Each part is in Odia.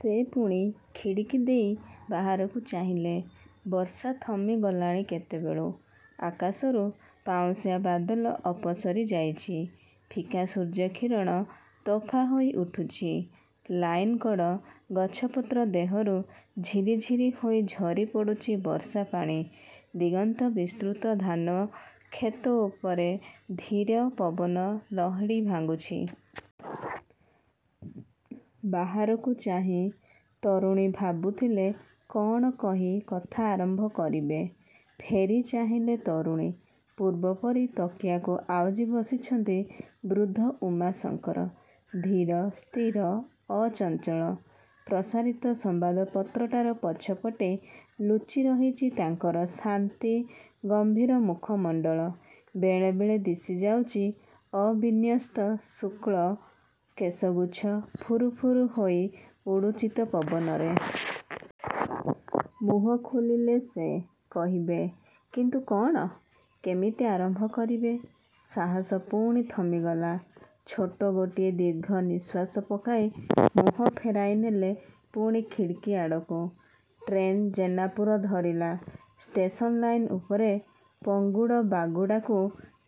ସେ ପୁଣି ଖିଡ଼ିକି ଦେଇ ବାହାରକୁ ଚାହିଁଲେ। ବର୍ଷା ଥମି ଗଲାଣି କେତେବେଳୁ। ଆକାଶରୁ ପାଉଁଶିଆ ବାଦଲ ଅପସରି ଯାଇଛି। ଫିକା ସୂର୍ଯ୍ୟ କିରଣ ତୋଫା ହୋଇ ଉଠୁଛି। ଲାଇନ କଡ଼ ଗଛପତ୍ର ଦେହରୁ ଝିରିଝିରି ହୋଇ ଝରି ପଡ଼ୁଛି ବର୍ଷା ପାଣି। ଦିଗନ୍ତ ବିସ୍ତୃତ ଧାନ କ୍ଷେତ ଉପରେ ଧୀର ପବନ ଲହଡ଼ି ଭାଙ୍ଗୁଛି। ବାହାରକୁ ଚାହିଁ ତରୁଣୀ ଭାବୁଥିଲେ କ'ଣ କହି କଥା ଆରମ୍ଭ କରିବେ। ଫେରି ଚାହିଁଲେ ତରୁଣୀ। ପୂର୍ବପରି ତକିଆକୁ ଆଉଜି ବସିଛନ୍ତି ବୃଦ୍ଧ ଉମାଶଙ୍କର। ଧୀର, ସ୍ଥିର, ଅଚଞ୍ଚଳ। ପ୍ରସାରିତ ସମ୍ଵାଦପତ୍ରଟାର ପଛ ପଟେ ଲୁଚି ରହିଚି ତାଙ୍କର ଶାନ୍ତି ଗମ୍ଭୀର ମୁଖ ମଣ୍ତଳ। ବେଳେ ବେଳେ ଦିଶି ଯାଉଚି ଅବିନ୍ୟସ୍ତ ଶୁକ୍ଳ କେଶଗୁଚ୍ଛ, ଫୁରୁ ଫୁରୁ ହୋଇ ଉଡ଼ୁଚିତ ପବନରେ। ମୁହଁ ଖୋଲିଲେ ସେ। କହିବେ। କିନ୍ତୁ କ'ଣ-? କେମିତି ଆରମ୍ଭ କରିବେ? ସାହସ ପୁଣି ଥମି ଗଲା। ଛୋଟ ଗୋଟିଏ ଦୀର୍ଘ ନିଶ୍ଵାସ ପକାଇ ମୁହଁ ଫେରାଇ ନେଲେ ପୁଣି ଖିଡ଼ିକି ଆଡ଼କୁ। ଟ୍ରେନ୍ ଜେନାପୁର ଧରିଲା। ଷ୍ଟେସନ ଲାଇନ୍ ଉପରେ ପଙ୍ଗୁଡ଼ବାଗୁଡ଼ାକୁ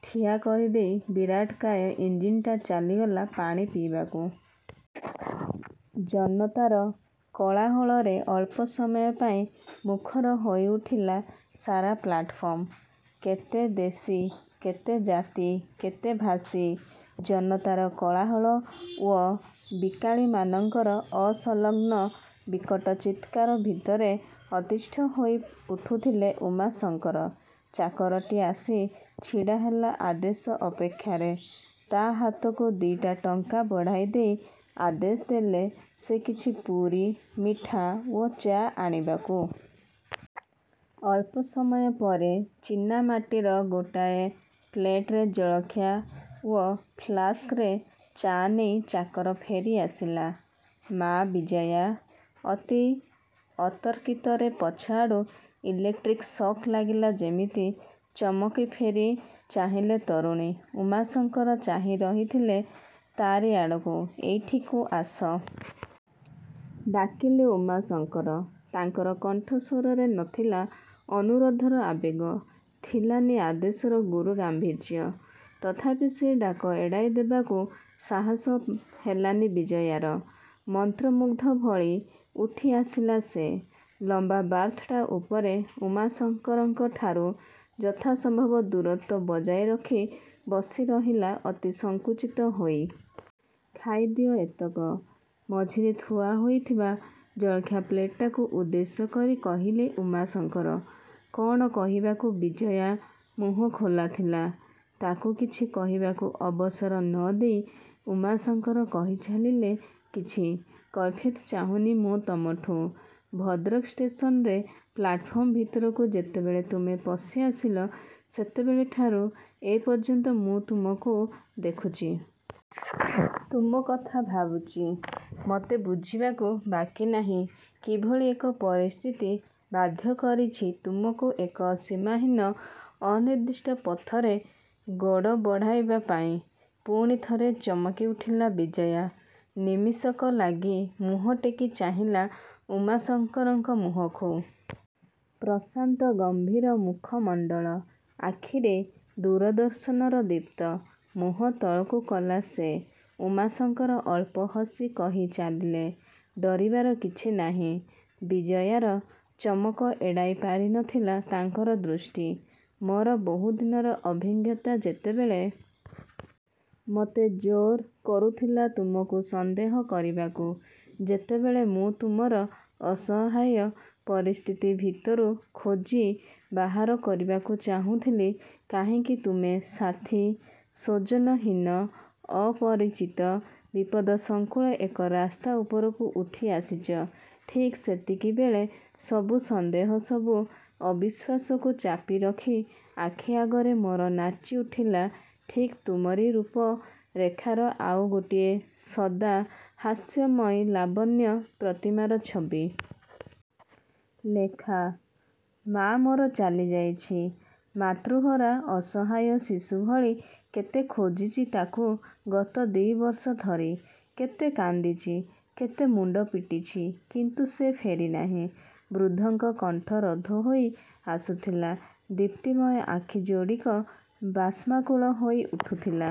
ଠିଆ କରିଦେଇ ବିରାଟକାୟ ଇଞ୍ଜିନ୍ଟା ଚାଲିଗଲା ପାଣି ପିଇବାକୁ। ଜନତାର କୋଳାହଳରେ ଅଳ୍ପସମୟ ପାଇଁ ମୁଖର ହୋଇ ଉଠିଲା ସାରା ପ୍ଲାଟଫର୍ମ। କେତେ ଦେଶି-କେତେ ଜାତି-କେତେ ଭାଷି, ଜନତାର କୋଳାହଳ ଓ ବିକାଳିମାନଙ୍କର ଅସଂଲଗ୍ନ ବିକଟ ଚିତ୍କାର ଭିତରେ ଅତିଷ୍ଠ ହୋଇ ଉଠୁଥିଲେ ଉମାଶଙ୍କର। ଚାକରଟି ଆସି ଛିଡ଼ାହେଲା ଆଦେଶ ଅପେକ୍ଷାରେ। ତା' ହାତକୁ ଦି'ଟା ଟଙ୍କା ବଢ଼ାଇ ଦେଇ ଆଦେଶ ଦେଲେ ସେ କିଛି ପୁରି, ମିଠା ଓ ଚା ଆଣିବାକୁ। ଅଳ୍ପସମୟ ପରେ ଚିନାମାଟିର ଗୋଟାଏ ପ୍ଲେଟରେ ଜଳଖିଆ ଓ ଫ୍ଲାଷ୍କରେ ଚା' ନେଇ ଚାକର ଫେରି ଆସିଲା। "ମା ବିଜୟା। '' ଅତି ଅତର୍କିତରେ ପଛଆଡ଼ୁ ଇଲେକ୍ଟ୍ରିକ୍ ସକ୍ ଲାଗିଲା ଯେମିତି, ଚମକି ଫେରି ଚାହିଁଲେ ତରୁଣୀ। ଉମାଶଙ୍କର ଚାହିଁ ରହିଥିଲେ ତା'ରି ଆଡ଼କୁ। "ଏଇଠିକୁ ଆସ। '' ଡାକିଲେ ଉମାଶଙ୍କର। ତାଙ୍କର କଣ୍ଠସ୍ଵରରେ ନ ଥିଲା ଅନୁରୋଧର ଆବେଗ। ଥିଲା ନି ଆଦେଶର ଗୁରୁ ଗାମ୍ଭୀର୍ଯ୍ୟ। ତଥାପି ସେ ଡାକ ଏଡ଼ାଇ ଦେବାକୁ ସାହାସ ହେଲାନି ବିଜୟାର। ମନ୍ତ୍ରମୁଗ୍ଧ ଭଳି ଉଠି ଆସିଲା ସେ। ଲମ୍ଵା ବାର୍ଥଟା ଉପରେ ଉମାଶଙ୍କରଙ୍କ ଠାରୁ ଯଥା ସମ୍ଭବ ଦୂରତ୍ଵ ବଜାୟ ରଖି ବସି ରହିଲା ଅତି ସଙ୍କୁଚିତ ହୋଇ। "ଖାଇ ଦିଅ ଏତକ। '' ମଝିରେ ଥୁଆ ହୋଇଥିବା ଜଳଖିଆ ପ୍ଲେଟଟାକୁ ଉଦ୍ଦେଶ୍ୟ କରି କହିଲେ-ଉମାଶଙ୍କର। କ'ଣ କହିବାକୁ ବିଜୟା ମୁହଁ ଖୋଲାଥିଲା। ତାକୁ କିଛି କହିବାକୁ ଅବସର ନ ଦେଇ ଉମାଶଙ୍କର କହି ଚାଲିଲେ-"କିଛି। କୈଫତ ଚାହୁଁନି ମୁଁ ତମଠୁଁ। '' ଭଦ୍ରକ ଷ୍ଟେସନରେ ପ୍ଲାଟଫର୍ମ ଭିତରକୁ ଯେତେବେଳେ ତୁମେ ପଶି ଆସିଲ, ସେତେବେଳ ଠାରୁ ଏ ପର୍ଯ୍ୟନ୍ତ ମୁଁ ତୁମକୁ ଦେଖୁଚି। ତୁମ କଥା ଭାବୁଚି। ମୋତେ ବୁଝିବାକୁ ବାକି ନାହିଁ କିଭଳି ଏକ ପରିସ୍ଥିତି ବାଧ୍ୟ କରିଛି ତୁମକୁ ଏକ ସୀମାହୀନ ଅନିର୍ଦ୍ଦିଷ୍ଟ ପଥରେ ଗୋଡ଼ ବଢ଼ାଇବା ପାଇଁ-। '' ପୁଣି ଥରେ ଚମକି ଉଠିଲା ବିଜୟା। ନିମିଷକ ଲାଗି ମୁହଁ ଟେକି ଚାହିଁଲା ଉମାଶଙ୍କରଙ୍କ ମୁହଁକୁ। ପ୍ରଶାନ୍ତ ଗମ୍ଭୀର ମୁଖ ମଣ୍ଡଳ। ଆଖିରେ ଦୂର ଦର୍ଶନର ଦୀପ୍ତ। ମୁହଁ ତଳକୁ କଲା ସେ। ଉମାଶଙ୍କର ଅଳ୍ପ ହସି କହି ଚାଲିଲେ-। "ଡରିବାର କିଛି ନାହିଁ। '' ବିଜୟାର ଚମକ ଏଡ଼ାଇ ପାରି ନ ଥିଲା ତାଙ୍କର ଦୃଷ୍ଟି। ମୋର ବହୁଦିନର ଅଭିଜ୍ଞତା ଯେତେବେଳେ ମୋତେ ଜୋର କରୁଥିଲା ତୁମକୁ ସନ୍ଦେହ କରିବାକୁ, ଯେତେବେଳେ ମୁଁ ତୁମର ଅସହାୟ ପରିସ୍ଥିତି ଭିତରୁ ଖୋଜି ବାହାର କରିବାକୁ ଚାହୁଁଥିଲି କାହିଁକି ତୁମେ ସାଥି ସ୍ଵଜନହୀନ, ଅପରିଚିତ ବିପଦ ସଙ୍କୁଳ ଏକ ରାସ୍ତା ଉପରକୁ ଉଠି ଆସିଚ, ଠିକ୍ ସେତିକିବେଳେ ସବୁ ସନ୍ଦେହ ସବୁ ଅବିଶ୍ୱାସକୁ ଚାପି ରଖି ଆଖି ଆଗରେ ମୋର ନାଚି ଉଠିଲା ଠିକ୍ ତୁମରି ରୂପ ରେଖାର ଆଉ ଗୋଟିଏ ସଦା-ହାସ୍ୟମୟୀ ଲାବଣ୍ୟ ପ୍ରତିମାର ଛବି। ଲେଖା! ମା' ମୋର ଚାଲି ଯାଇଛି। ମାତୃହରା ଅସହାୟ ଶିଶୁ ଭଳି କେତେ ଖୋଜିଚି ତାକୁ ଗତ ଦି' ବର୍ଷ ଧରି। କେତେ କାନ୍ଦିଚି। କେତେ ମୁଣ୍ଡ ପିଟିଛି। କିନ୍ତୁ ସେ ଫେରିନାହିଁ-..। '' ବୃଦ୍ଧଙ୍କ କଣ୍ଠ ରୋଧ ହୋଇ ଆସୁଥିଲା। ଦିପ୍ତୀମୟ ଆଖି ଯୋଡ଼ିକ ବାଷ୍ମାକୁଳ ହୋଇ ଉଠୁଥିଲା।